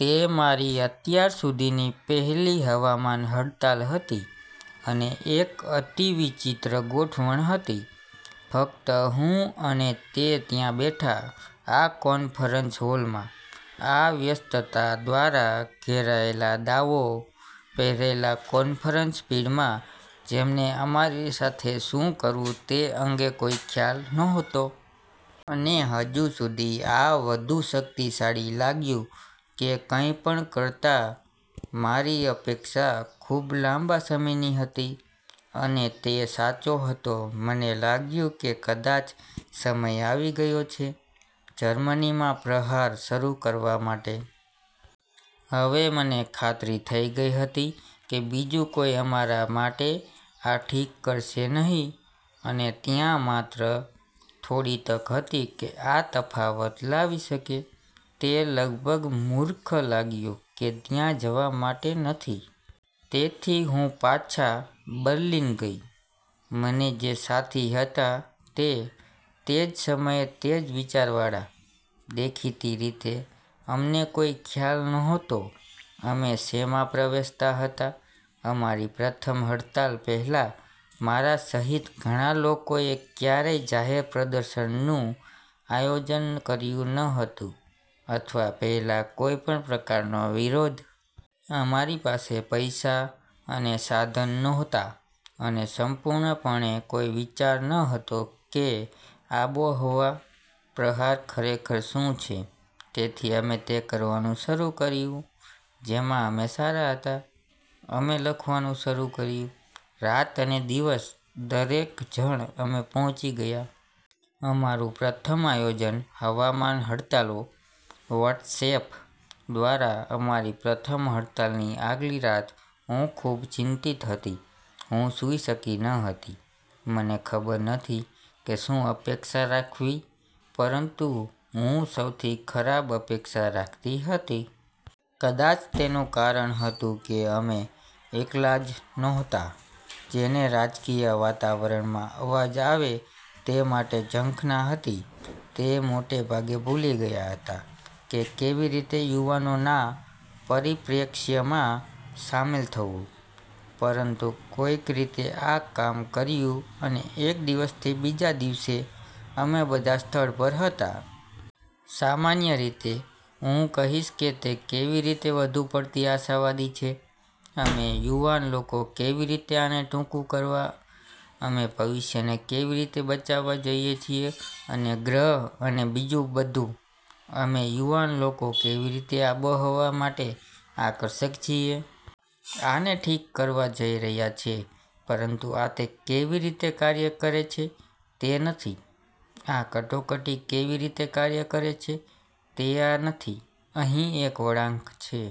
તે મારી અત્યાર સુધીની પહેલી હવામાન હડતાલ હતી અને એક અતિ વિચિત્ર ગોઠવણ હતી. ફક્ત હું અને તે ત્યાં બેઠા આ કોન્ફરન્સ હોલમાં. આ વ્યસ્તતા દ્વારા ઘેરાયેલા દાવો પહેરેલા કોન્ફરન્સ ભીડમાં જેમને અમારી સાથે શું કરવું તે અંગે કોઈ ખ્યાલ નહોતો. અને હજુ સુધી આ વધુ શક્તિશાળી લાગ્યું કે કંઈપણ કરતાં મારી અપેક્ષા ખૂબ લાંબા સમયની હતી. અને તે સાચો હતો મને લાગ્યું કે કદાચ સમય આવી ગયો છે જર્મનીમાં પ્રહાર શરૂ કરવા માટે. હવે મને ખાતરી થઈ ગઈ હતી કે બીજું કોઈ અમારા માટે આ ઠીક કરશે નહી અને ત્યાં માત્ર થોડી તક હતી કે આ તફાવત લાવી શકે. તે લગભગ મૂર્ખ લાગ્યું કે ત્યાં જવા માટે નથી. તેથી હું પાછા બર્લિન ગઈ. મને જે સાથી હતા તે તે જ સમયે તે જ વિચારવાળા. દેખીતી રીતે, અમને કોઈ ખ્યાલ નહોતો અમે શેમાં પ્રવેશતા હતા. અમારી પ્રથમ હડતાલ પહેલાં મારા સહિત ઘણા લોકોએ ક્યારેય જાહેર પ્રદર્શનનું આયોજન કર્યું ન હતું અથવા પહેલા કોઈપણ પ્રકારનો વિરોધ. અમારી પાસે પૈસા અને સાધન નહોતા અને સંપૂર્ણપણે કોઈ વિચાર ન હતો કે આબોહવા પ્રહાર ખરેખર શું છે. તેથી અમે તે કરવાનું શરૂ કર્યું જેમાં અમે સારા હતા. અમે લખવાનું શરૂ કર્યું. રાત અને દિવસ દરેક જણ અમે પહોંચી ગયા. અમારુ પ્રથમ આયોજન હવામાન હડતાલ વોટ્સએપ દ્વારા અમારી પ્રથમ હડતાલની આગલી રાત હું ખૂબ ચિંતિંત હતી. હું સૂઈ શકી ન હતી. મને ખબર નથી કે શું અપેક્ષા રાખવી પરંતુ હું સૌથી ખરાબ અપેક્ષા રાખતી હતી. કદાચ તેનુ કારણ હતું કે અમે એકલા જ નહોતા જેને રાજકીય વાતાવરણમાં અવાજ આવે તે માટે ઝંખના હતી. તે મોટે ભાગે ભૂલી ગયા હતા કે કેવી રીતે યુવાનોના પરિપ્રેક્ષ્યમાં શામેલ થવું. પરંતુ કોઈક રીતે આ કામ કર્યું અને એક દિવસથી બીજા દિવસે અમે બધા સ્થળ પર હતા. સામાન્ય રીતે, હું કહીશ કે તે કેવી રીતે વધુ પડતી આશાવાદી છે. અમે યુવાન લોકો કેવી રીતે આને ટૂંકુ કરવા અમે ભવિષ્યને કેવી રીતે બચાવવા જઈએ છીએ અને ગ્રહ અને બીજું બધું. અમે યુવાન લોકો કેવી રીતે આબોહવા માટે આકર્ષક છીએ. આને ઠીક કરવા જઈ રહ્યા છે. પરંતુ આ તે કેવી રીતે કાર્ય કરે છે તે નથી. આ કટોકટી કેવી રીતે કાર્ય કરે છે તે આ નથી. અહીં એક વળાંક છે.